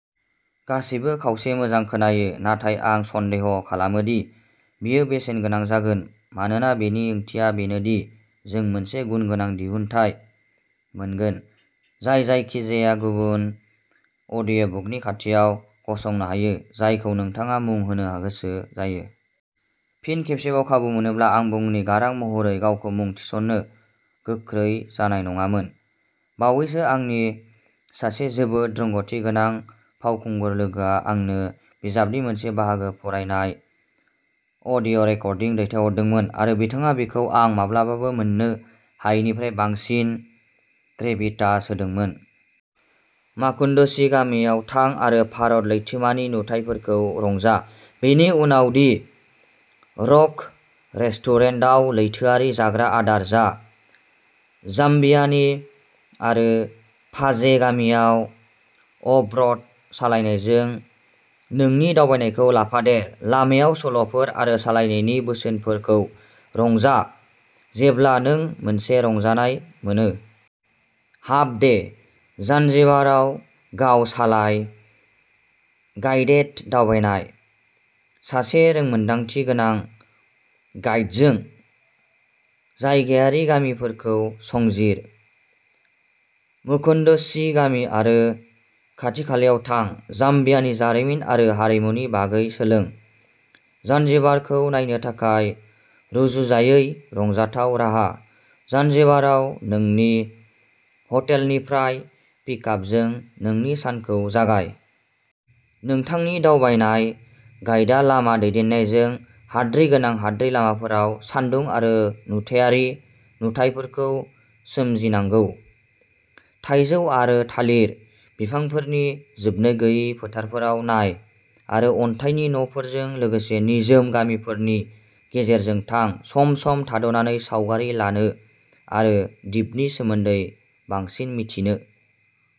गासैबो खावसे मोजां खोनायो। नाथाय आं सन्देह खालामो दि बेयो बेसेनगोनां जागोन, मानोना बेनि ओंथिया बेनो दि जों मोनसे गुनगोनां दिहुनथाय मोनगोन जाय जायखिजाया गुबुन अडिअ'बुकनि खाथियाव गसंनो हायो जायखौ नोंथाङा मुं होनो गोसो जायो। फिन खेबसेबाव खाबु मोनोब्ला, आं बुन्नि गारां महरै गावखौ मुं थिसन्नो गोख्रै जानाय नङामोन। बावैसो आंनि सासे जोबोद रोंग'थिगोनां फावखुंगुर लोगोआ आंनो बिजाबनि मोनसे बाहागो फरायनाय अडिअ'रेकर्डिं दैथायहरदोंमोन, आरो बिथाङा बेखौ आं माब्लाबाबो मोननो हायैनिफ्राय बांसिन ग्रेभिटास होदोंमोन। माकुन्डुचि गामियाव थां आरो भारत लैथोमानि नुथायफोरखौ रंजा, बेनि उनाव दि रक रेस्टुरेन्टआव लैथोआरि जाग्रा आदार जा। जाम्बियानि आरो पाजे गामियाव अफ-र'ड सालायनायजों नोंनि दावबायनायखौ लाफादेर। लामायाव सल'फोर आरो सालायनायनि बोसोनफोरखौ रंजा जेब्ला नों मोनसे रंजानाय मोनो। हाफ डे, जानजिबाराव गाव-सालाय गाइडेड दावबायनाय। सासे रोंमोन्दांथि गोनां गाइडजों जायगायारि गामिफोरखौ संजिर। माकुन्डुचि गामि आरो खाथिखालायाव थां। जाम्बियानिनि जारिमिन आरो हारिमुनि बागै सोलों। जानजिबारखौ नायनो थाखाय रुजुजायै, रंजाथाव राहा। जानजिबाराव नोंनि हटेलनिफ्राय पिकआपजों नोंनि सानखौ जागाय। नोंथांनि दावबायनाय गाइदा लामा दैदेननायजों, हाद्रि गोनां हाद्रि लामाफोराव सानदुं आरो नुथायारि नुथायफोरखौ सोमजिनांगौ। थाइजौ आरो थालिर बिफांफोरनि जोबनो गैयै फोथारफोराव नाय, आरो अन्थाइनि न'फोरजों लोगोसे निजोम गामिफोरनि गेजेरजों थां, सम-सम थाद'नानै सावगारि लानो आरो दिपनि सोमोन्दै बांसिन मिथिनो।